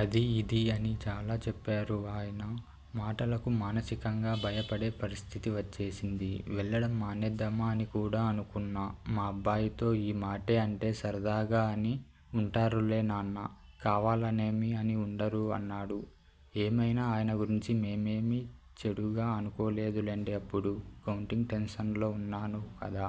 అదీ.. ఇదీ' అని చాలా చెప్పారు. ఆయన మాటలకు మానసికంగా భయపడే పరిస్థితి వచ్చేసింది. వెళ్ళడం మానేద్దామా అని కూడా అనుకున్నా. మా అబ్బాయితో ఈ మాటే అంటే 'సరదాగా అని ఉంటారులే నాన్నా.. కావాలనేమీ అని ఉండరు' అన్నాడు. ఏమైనా ఆయన గురించి మేమేమీ చెడుగా అనుకోలేదులెండిఅప్పుడు కౌంటింగ్ టెన్షన్లో ఉన్నాను కదా..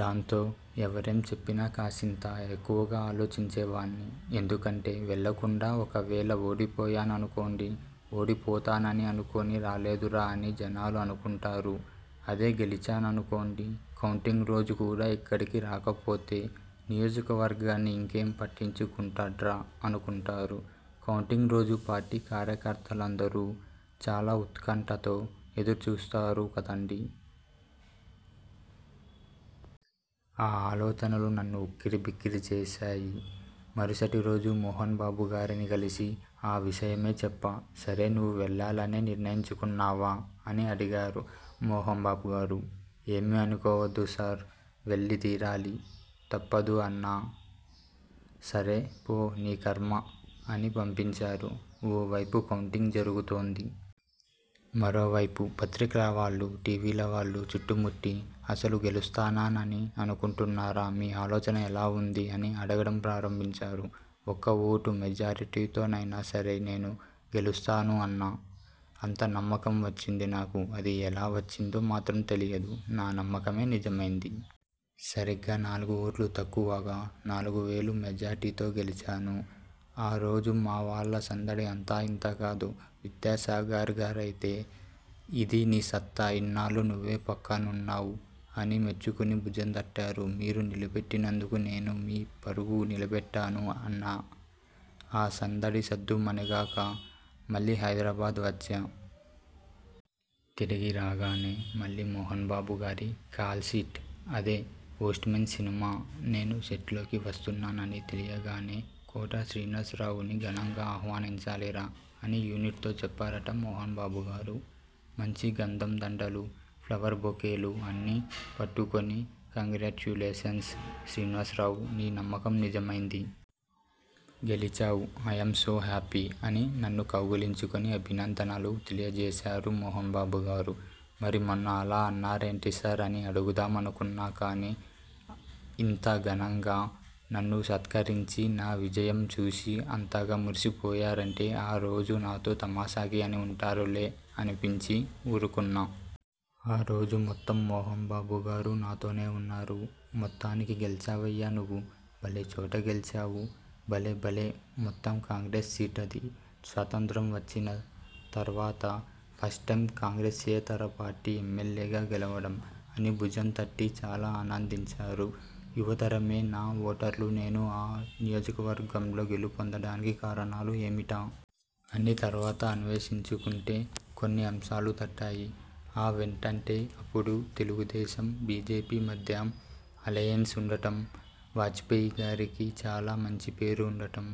దాంతో ఎవరేం చెప్పినా కాసింత ఎక్కువగా ఆలోచించేవాణ్ణి. ఎందుకంటే వెళ్ళకుండా ఒకవేళ ఓడిపోయాననుకోండి.. 'ఓడిపోతానని అనుకుని రాలేదురా' అని జనాలు అనుకుంటారు.. అదే గెలిచాననుకోండి.. 'కౌంటింగ్రోజు కూడా ఇక్కడికి రాకపోతే, నియోజకవర్గాన్ని ఇంకేం పట్టించుకుంటాడ్రా' అనుకుంటారు.. కౌంటింగ్రోజు పార్టీ కార్యకర్తలందరూ చాలా ఉత్కంఠతో ఎదురుచూస్తారు కదండీ. ఆ ఆలోచనలు నన్ను ఉక్కిరిబిక్కిరి చేశాయి. మరుసటిరోజు మోహనబాబుగారిని కలిసి ఆ విషయమే చెప్పా. 'సరే నువ్వు వెళ్ళాలనే నిర్ణయించుకున్నావా' అని అడిగారు మోహన్బాబుగారు. 'ఏమీ అనుకోవద్దు సార్ వెళ్ళి తీరాలి. తప్పదు' అన్నా. 'సరే పో.. నీ ఖర్మ' అని పంపించారు. ఓ వైపు కౌంటింగ్ జరుగుతోంది.. మరోవైపు పత్రిక వాళ్ళు టీవీలవాళ్ళు చుట్టుముట్టి.. 'అసలు గెలుస్తానని అనుకుంటున్నారా? మీ ఆలోచన ఎలా ఉంది' అని అడగడం ప్రారంభించారు. 'ఒక్క ఓటు మెజారిటీతోనైనా సరే నేను గెలుస్తాను' అన్నా. అంత నమ్మకం వచ్చింది నాకు. అది ఎలా వచ్చిందో మాత్రం తెలియదు. నా నమ్మకమే నిజమైంది. సరిగ్గా నాలుగుఓట్లు తక్కువగా నాలుగువేలు మెజార్టీతో గెలిచాను. ఆ రోజు మావాళ్ళ సందడి అంతా ఇంతా కాదు. విద్యాసాగర్గారైతే 'ఇదీ నీ సత్తా. ఇన్నాళ్ళూ నువ్వే పక్కనున్నావ్' అని మెచ్చుకుని భుజం తట్టారు. 'మీరు నిలబెట్టినందుకు నేను మీ పరువు నిలబెట్టాను' అన్నా. ఆ సందడి సద్దుమణిగాక మళ్ళీ హైదరాబాద్ వచ్చా. తిరిగి రాగానే మళ్ళీ మోహనబాబుగారి కాల్షీట్. అదే 'పోస్ట్మేన్' సినిమా. నేను సెట్లోకి వస్తున్నానని తెలియగానే 'కోట శ్రీనివాసరావుని ఘనంగా ఆహ్వానించాలిరా.. ' అని యూనిట్తో చెప్పారట మోహనబాబుగారు. మంచి గంధం దండలు, ఫ్లవర్ బొకేలు అన్నీ పట్టుకుని 'కంగ్రాట్యులేషన్స్ శ్రీనివాసరావు, నీ నమ్మకం నిజమైంది. గెలిచావు, అయామ్ సో హ్యాపీ.. ' అని నన్ను కౌగలించుకుని అభినందనలు తెలియజేశారు మోహనబాబుగారు. 'మరి మొన్న అలా అన్నారేంటి సార్.. ' అని అడుగుదామనుకున్నా. కానీ ఇంత ఘనంగా నన్ను సత్కరించి, నా విజయం చూసి అంతగా మురిసిపోయారంటే ఆ రోజు నాతో తమాషాకి అని ఉంటారులే అనిపించి ఊరకున్నా. ఆ రోజు మొత్తం మోహనబాబుగారు నాతోనే ఉన్నారు. 'మొత్తానికి గెలిచావయ్యా నువ్వు.. భలే చోట గెలిచావు.. భలే భలే.. మొత్తం కాంగ్రెస్ సీట్ అది. స్వాతంత్య్రం వచ్చిన తర్వాత ఫస్ట్టైమ్ కాంగ్రెస్యేతర పార్టీ ఎమ్మెల్యేగా గెలవడం.. ' అని భుజంతట్టి చాలా ఆనందించారు. యువతరమే నా ఓటర్లునేను ఆ నియోజకవర్గంలో గెలుపొందడానికి కారణాలు ఏమిటా? అని తర్వాత అన్వేషించుకుంటే కొన్ని అంశాలు తట్టాయి. అవేంటంటే అప్పుడు తెలుగుదేశం, బీజేపీ మధ్య అలయెన్స్ ఉండటం, వాజ్పేయిగారికి చాలా మంచి పేరు ఉండటం.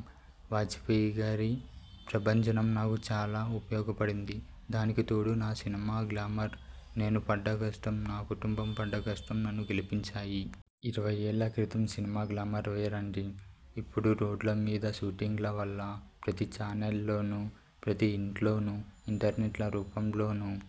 వాజ్పేయిగారి ప్రభంజనం నాకు చాలా ఉపయోగపడింది. దానికి తోడు నా సినిమా గ్లామర్, నేనుపడ్డ కష్టం, నా కుటుంబంపడ్డ కష్టం నన్ను గెలిపించాయి. ఇరవైఏళ్ళ క్రితం సినిమా గ్లామర్ వేరండీ. ఇప్పుడు రోడ్లమీద షూటింగ్ల వల్ల, ప్రతి చానెల్లోనూ, ప్రతి ఇంట్లోనూ ఇంటర్నెట్ల రూపంలోనూ